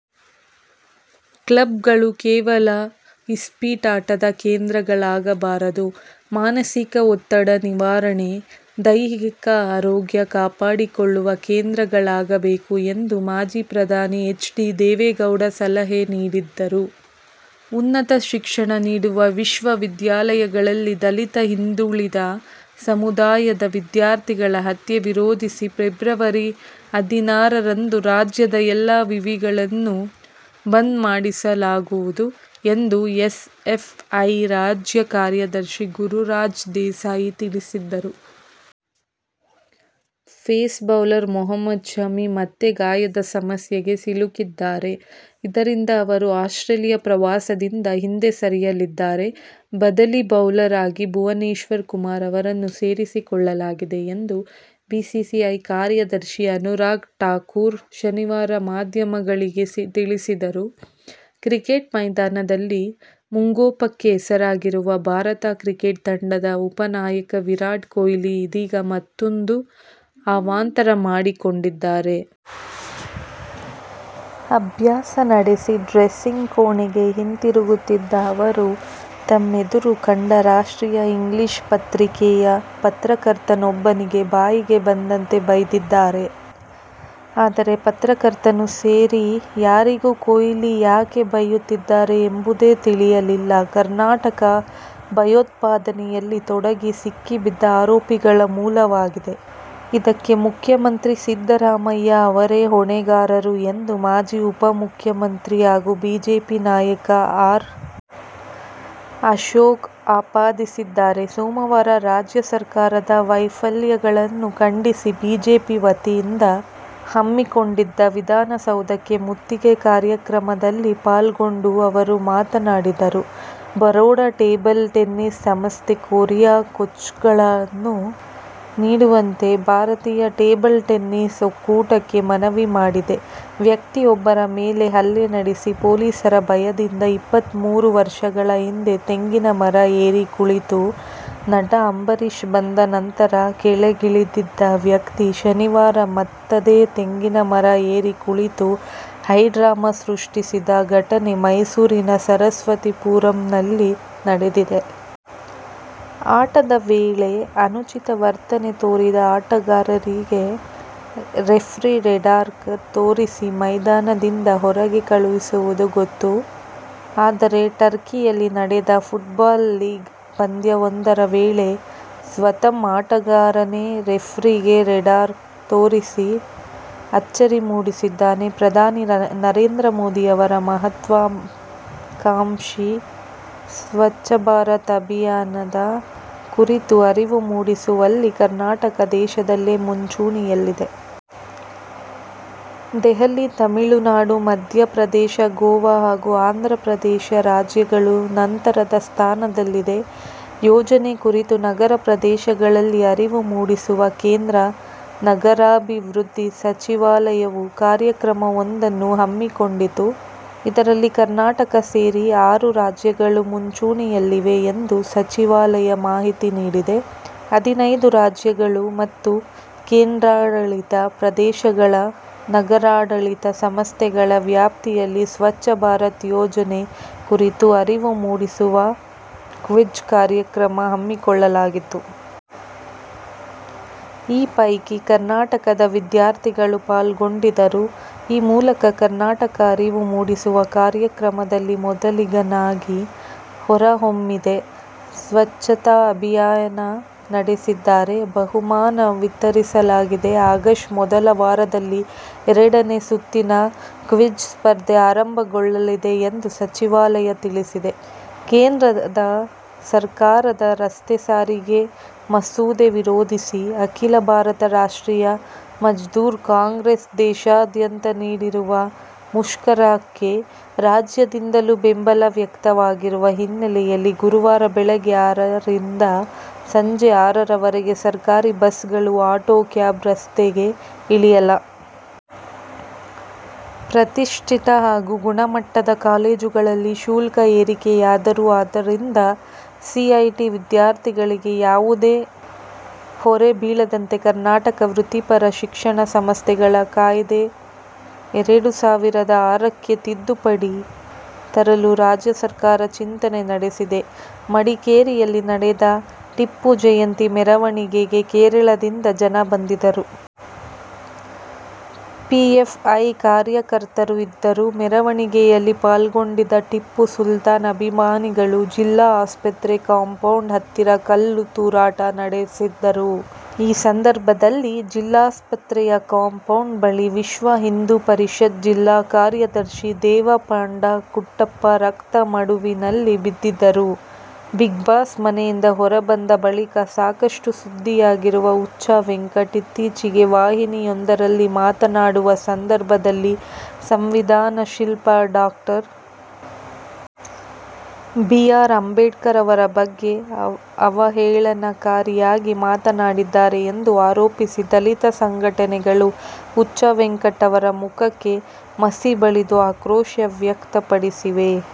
ಕ್ಲಬ್ಗಳು ಕೇವಲ ಇಸ್ಪೀಟ್ ಆಟದ ಕೇಂದ್ರಗಳಾಗಬಾರದು. ಮಾನಸಿಕ ಒತ್ತಡ ನಿವಾರಣೆ, ದೈಹಿಕ ಆರೋಗ್ಯ ಕಾಪಾಡಿಕೊಳ್ಳುವ ಕೇಂದ್ರಗಳಾಗಬೇಕು ಎಂದು ಮಾಜಿ ಪ್ರಧಾನಿ ಎಚ್. ಡಿ. ದೇವೇಗೌಡ ಸಲಹೆ ನೀಡಿದರು. ಉನ್ನತ ಶಿಕ್ಷಣ ನೀಡುವ ವಿಶ್ವ ವಿದ್ಯಾಲಯಗಳಲ್ಲಿ ದಲಿತ, ಹಿಂದುಳಿದ ಸಮುದಾಯದ ವಿದ್ಯಾರ್ಥಿಗಳ ಹತ್ಯೆ ವಿರೋಧಿಸಿ ಫೆಬ್ರವರಿ ಹದಿನಾರರಂದು ರಾಜ್ಯದ ಎಲ್ಲಾ ವಿವಿಗಳನ್ನು ಬಂದ್ ಮಾಡಿಸಲಾಗುವುದು ಎಂದು ಎಸ್ಎಫ್ಐ ರಾಜ್ಯ ಕಾರ್ಯದರ್ಶಿ ಗುರುರಾಜ್ ದೇಸಾಯಿ ತಿಳಿಸಿದರು. ಪೇಸ್ ಬೌಲರ್ ಮೊಹಮ್ಮದ್ ಶಮಿ ಮತ್ತೆ ಗಾಯದ ಸಮಸ್ಯೆಗೆ ಸಿಲುಕಿದ್ದಾರೆ. ಇದರಿಂದ ಅವರು ಆಸ್ಟ್ರೇಲಿಯ ಪ್ರವಾಸದಿಂದ ಹಿಂದೆ ಸರಿಯಲಿದ್ದಾರೆ. ಬದಲಿ ಬೌಲರ್ ಆಗಿ ಭುವನೇಶ್ವರ್ ಕುಮಾರ್ ಅವರನ್ನು ಸೇರಿಸಿಕೊಳ್ಳಲಾಗಿದೆ ಎಂದು ಬಿಸಿಸಿಐ ಕಾರ್ಯದರ್ಶಿ ಅನುರಾಗ್ ಠಾಕೂರ್ ಶನಿವಾರ ಮಾಧ್ಯಮಗಳಿಗೆ ತಿಳಿಸಿದರು. ಕ್ರಿಕೆಟ್ ಮೈದಾನದಲ್ಲಿ ಮುಂಗೋಪಕ್ಕೆ ಹೆಸರಾಗಿರುವ ಭಾರತ ಕ್ರಿಕೆಟ್ ತಂಡದ ಉಪ ನಾಯಕ ವಿರಾಟ್ ಕೊಹ್ಲಿ ಇದೀಗ ಮತ್ತೂಂದು ಅವಾಂತರ ಮಾಡಿಕೊಂಡಿದ್ದಾರೆ. ಅಭ್ಯಾಸ ನಡೆಸಿ ಡ್ರೆಸ್ಸಿಂಗ್ ಕೋಣೆಗೆ ಹಿಂತಿರುಗುತ್ತಿದ್ದ ಅವರು, ತಮ್ಮೆದುರು ಕಂಡ ರಾಷ್ಟ್ರೀಯ ಇಂಗ್ಲಿಷ್ ಪತ್ರಿಕೆಯ ಪತ್ರಕರ್ತನೊಬ್ಬನಿಗೆ ಬಾಯಿಗೆ ಬಂದಂತೆ ಬೈದಿದ್ದಾರೆ. ಆದರೆ ಪತ್ರಕರ್ತನೂ ಸೇರಿ ಯಾರಿಗೂ ಕೊಹ್ಲಿ ಯಾಕೆ ಬೈಯುತ್ತಿದ್ದಾರೆ ಎಂಬುದೇ ತಿಳಿಯಲಿಲ್ಲ ಕರ್ನಾಟಕ ಭಯೋತ್ಪಾದನೆಯಲ್ಲಿ ತೊಡಗಿ ಸಿಕ್ಕಿಬಿದ್ದ ಆರೋಪಿಗಳ ಮೂಲವಾಗಿದೆ. ಇದಕ್ಕೆ ಮುಖ್ಯಮಂತ್ರಿ ಸಿದ್ದರಾಮಯ್ಯ ಅವರೇ ಹೊಣೆಗಾರರು ಎಂದು ಮಾಜಿ ಉಪಮುಖ್ಯಮಂತ್ರಿ ಹಾಗೂ ಬಿಜೆಪಿ ನಾಯಕ ಆರ್. ಅಶೋಕ್ ಆಪಾದಿಸಿದ್ದಾರೆ. ಸೋಮವಾರ ರಾಜ್ಯ ಸರ್ಕಾರದ ವೈಫಲ್ಯಗಳನ್ನು ಖಂಡಿಸಿ ಬಿಜೆಪಿ ವತಿಯಿಂದ ಹಮ್ಮಿಕೊಂಡಿದ್ದ ವಿಧಾನಸೌಧಕ್ಕೆ ಮುತ್ತಿಗೆ ಕಾರ್ಯಕ್ರಮದಲ್ಲಿ ಪಾಲ್ಗೊಂಡು ಅವರು ಮಾತನಾಡಿದರು. ಬರೋಡ ಟೇಬಲ್ ಟೆನ್ನಿಸ್ ಸಂಸ್ಥೆ ಕೊರಿಯಾ ಕೋಚ್ಗಳನ್ನು ನೀಡುವಂತೆ ಭಾರತೀಯ ಟೇಬಲ್ ಟೆನ್ನಿಸ್ ಒಕ್ಕೂಟಕ್ಕೆ ಮನವಿ ಮಾಡಿದೆ. ವ್ಯಕ್ತಿಯೊಬ್ಬರ ಮೇಲೆ ಹಲ್ಲೆ ನಡೆಸಿ ಪೊಲೀಸರ ಭಯದಿಂದ ಇಪ್ಪತ್ಮೂರು ವರ್ಷಗಳ ಹಿಂದೆ ತೆಂಗಿನ ಮರ ಏರಿ ಕುಳಿತು ನಟ ಅಂಬರೀಶ್ ಬಂದ ನಂತರ ಕೆಳಗಿಳಿದಿದ್ದ ವ್ಯಕ್ತಿ, ಶನಿವಾರ ಮತ್ತದೇ ತೆಂಗಿನ ಮರ ಏರಿ ಕುಳಿತು ಹೈಡ್ರಾಮಾ ಸೃಷ್ಟಿಸಿದ ಘಟನೆ ಮೈಸೂರಿನ ಸರಸ್ವತಿಪುರಂನಲ್ಲಿ ನಡೆದಿದೆ. ಆಟದ ವೇಳೆ ಅನುಚಿತ ವರ್ತನೆ ತೋರಿದ ಆಟಗಾರರಿಗೆ ರೆಫ್ರಿ ರೆಡ್ಕಾರ್ಡ್ ತೋರಿಸಿ, ಮೈದಾನದಿಂದ ಹೊರಗೆ ಕಳುಹಿಸುವುದು ಗೊತ್ತು. ಅದರೆ ಟರ್ಕಿಯಲ್ಲಿ ನಡೆದ ಫುಟ್ಬಾಲ್ ಲೀಗ್ ಪಂದ್ಯವೊಂದರ ವೇಳೆ ಸ್ವತಃ ಆಟಗಾರನೇ ರೆಫ್ರಿಗೆ ರೆಡ್ಕಾರ್ಡ್ ತೋರಿಸಿ ಅಚ್ಚರಿ ಮೂಡಿಸಿದ್ದಾನೆ. ಪ್ರಧಾನಿ ನರೇಂದ್ರ ಮೋದಿ ಅವರ ಮಹತ್ವಾಕಾಂಕ್ಷಿ ಸ್ವತ್ಛ ಭಾರತ ಅಭಿಯಾನದ ಕುರಿತು ಅರಿವು ಮೂಡಿಸುವಲ್ಲಿ ಕರ್ನಾಟಕ ದೇಶದಲ್ಲೇ ಮುಂಚೂಣಿಯಲ್ಲಿದೆ. ದೆಹಲಿ, ತಮಿಳುನಾಡು, ಮಧ್ಯಪ್ರದೇಶ, ಗೋವಾ ಹಾಗೂ ಆಂಧ್ರಪ್ರದೇಶ ರಾಜ್ಯಗಳು ನಂತರದ ಸ್ಥಾನದಲ್ಲಿವೆ. ಯೋಜನೆ ಕುರಿತು ನಗರ ಪ್ರದೇಶಗಳಲ್ಲಿ ಅರಿವು ಮೂಡಿಸುವ ಕೇಂದ್ರ ನಗರಾಭಿವೃದ್ಧಿ ಸಚಿವಾಲಯವು ಕಾರ್ಯಕ್ರಮವೊಂದನ್ನು ಹಮ್ಮಿಕೊಂಡಿತ್ತು. ಇದರಲ್ಲಿ ಕರ್ನಾಟಕ ಸೇರಿ ಆರು ರಾಜ್ಯಗಳು ಮುಂಚೂಣಿಯಲ್ಲಿವೆ ಎಂದು ಸಚಿವಾಲಯ ಮಾಹಿತಿ ನೀಡಿದೆ. ಹದಿನೈದು ರಾಜ್ಯಗಳು ಮತ್ತು ಕೇಂದ್ರಾಡಳಿತ ಪ್ರದೇಶಗಳ ನಗರಾಡಳಿತ ಸಂಸ್ಥೆಗಳ ವ್ಯಾಪ್ತಿಯಲ್ಲಿ ಸ್ವತ್ಛ ಭಾರತ ಯೋಜನೆ ಕುರಿತು ಅರಿವು ಮೂಡಿಸುವ ಕ್ವಿಜ್ ಕಾರ್ಯಕ್ರಮ ಹಮ್ಮಿಕೊಳ್ಳಲಾಗಿತ್ತು. ಈ ಪೈಕಿ ಕರ್ನಾಟಕದ ವಿದ್ಯಾರ್ಥಿಗಳು ಪಾಲ್ಗೊಂಡಿದ್ದರು. ಈ ಮೂಲಕ ಕರ್ನಾಟಕ ಅರಿವು ಮೂಡಿಸುವ ಕಾರ್ಯಕ್ರಮದಲ್ಲಿ ಮೊದಲಿಗನಾಗಿ ಹೊರಹೊಮ್ಮಿದೆ. ಸ್ವಚ್ಛತಾ ಅಭಿಯಾನ ನಡೆಸಿದ್ದಾರೆ. ಬಹುಮಾನ ವಿತರಿಸಲಾಗಿದೆ. ಆಗಸ್ಟ್ ಮೊದಲ ವಾರದಲ್ಲಿ ಎರಡನೇ ಸುತ್ತಿನ ಕ್ವಿಜ್ ಸ್ಪರ್ಧೆ ಆರಂಭಗೊಳ್ಳಲಿದೆ ಎಂದು ಸಚಿವಾಲಯ ತಿಳಿಸಿದೆ. ಕೇಂದ್ರ ಸರ್ಕಾರದ ರಸ್ತೆ ಸಾರಿಗೆ ಮಸೂದೆ ವಿರೋಧಿಸಿ ಅಖಿಲ ಭಾರತ ರಾಷ್ಟ್ರೀಯ ಮಜ್ದೂರ್ ಕಾಂಗ್ರೆಸ್ ದೇಶಾದ್ಯಂತ ನೀಡಿರುವ ಮುಷ್ಕರಕ್ಕೆ ರಾಜ್ಯದಿಂದಲೂ ಬೆಂಬಲ ವ್ಯಕ್ತವಾಗಿರುವ ಹಿನ್ನೆಲೆಯಲ್ಲಿ ಗುರುವಾರ ಬೆಳಗ್ಗೆ ಆರರಿಂದ ಸಂಜೆ ಆರರವರೆಗೆ ಸರ್ಕಾರಿ ಬಸ್ ಗಳು, ಆಟೋ, ಕ್ಯಾಬ್ ರಸ್ತೆಗೆ ಇಳಿಯಲ್ಲ. ಪ್ರತಿಷ್ಠಿತ ಹಾಗೂ ಗುಣಮಟ್ಟದ ಕಾಲೇಜುಗಳಲ್ಲಿ ಶುಲ್ಕ ಏರಿಕೆಯಾದರೂ ಅದರಿಂದ ಸಿಇಟಿ ವಿದ್ಯಾರ್ಥಿಗಳಿಗೆ ಯಾವುದೇ ಹೊರೆ ಬೀಳದಂತೆ ಕರ್ನಾಟಕ ವೃತ್ತಿಪರ ಶಿಕ್ಷಣ ಸಂಸ್ಥೆಗಳ ಕಾಯ್ದೆ ಎರಡು ಸಾವಿರದ ಆರಕ್ಕೆ ತಿದ್ದುಪಡಿ ತರಲು ರಾಜ್ಯ ಸರ್ಕಾರ ಚಿಂತನೆ ನಡೆಸಿದೆ. ಮಡಿಕೇರಿಯಲ್ಲಿ ನಡೆದ ಟಿಪ್ಪು ಜಯಂತಿ ಮೆರವಣಿಗೆಗೆ ಕೇರಳದಿಂದ ಜನ ಬಂದಿದ್ದರು. ಪಿಎಫ್ಐ ಕಾರ್ಯಕರ್ತರೂ ಇದ್ದರು. ಮೆರವಣಿಗೆಯಲ್ಲಿ ಪಾಲ್ಗೊಂಡಿದ್ದ ಟಿಪ್ಪು ಸುಲ್ತಾನ್ ಅಭಿಮಾನಿಗಳು ಜಿಲ್ಲಾ ಆಸ್ಪತ್ರೆ ಕಾಂಪೌಂಡ್ ಹತ್ತಿರ ಕಲ್ಲು ತೂರಾಟ ನಡೆಸಿದ್ದರು. ಈ ಸಂದರ್ಭದಲ್ಲಿ ಜಿಲ್ಲಾಸ್ಪತ್ರೆ ಕಾಂಪೌಂಡ್ ಬಳಿ ವಿಶ್ವ ಹಿಂದೂ ಪರಿಷತ್ ಜಿಲ್ಲಾ ಕಾರ್ಯದರ್ಶಿ ದೇವಪಂಡ ಕುಟ್ಟಪ್ಪ ರಕ್ತ ಮಡುವಿನಲ್ಲಿ ಬಿದ್ದಿದ್ದರು'. ಬಿಗ್ಬಾಸ್ ಮನೆಯಿಂದ ಹೊರಬಂದ ಬಳಿಕ ಸಾಕಷ್ಟು ಸುದ್ದಿಯಾಗಿರುವ ಹುಚ್ಚವೆಂಕಟ್, ಇತ್ತೀಚೆಗೆ ವಾಹಿನಿಯೊಂದರಲ್ಲಿ ಮಾತನಾಡುವ ಸಂದರ್ಭದಲ್ಲಿ ಸಂವಿಧಾನ ಶಿಲ್ಪಿ ಡಾ. ಬಿ. ಆರ್. ಅಂಬೇಡ್ಕರ್ ಅವರ ಬಗ್ಗೆ ಅವಹೇಳನಕಾರಿಯಾಗಿ ಮಾತನಾಡಿದ್ದಾರೆ ಎಂದು ಆರೋಪಿಸಿ, ದಲಿತ ಸಂಘಟನೆಗಳು ಹುಚ್ಚವೆಂಕಟ್ ಅವರ ಮುಖಕ್ಕೆ ಮಸಿಬಳಿದು ಆಕ್ರೋಶ ವ್ಯಕ್ತಪಡಿಸಿವೆ.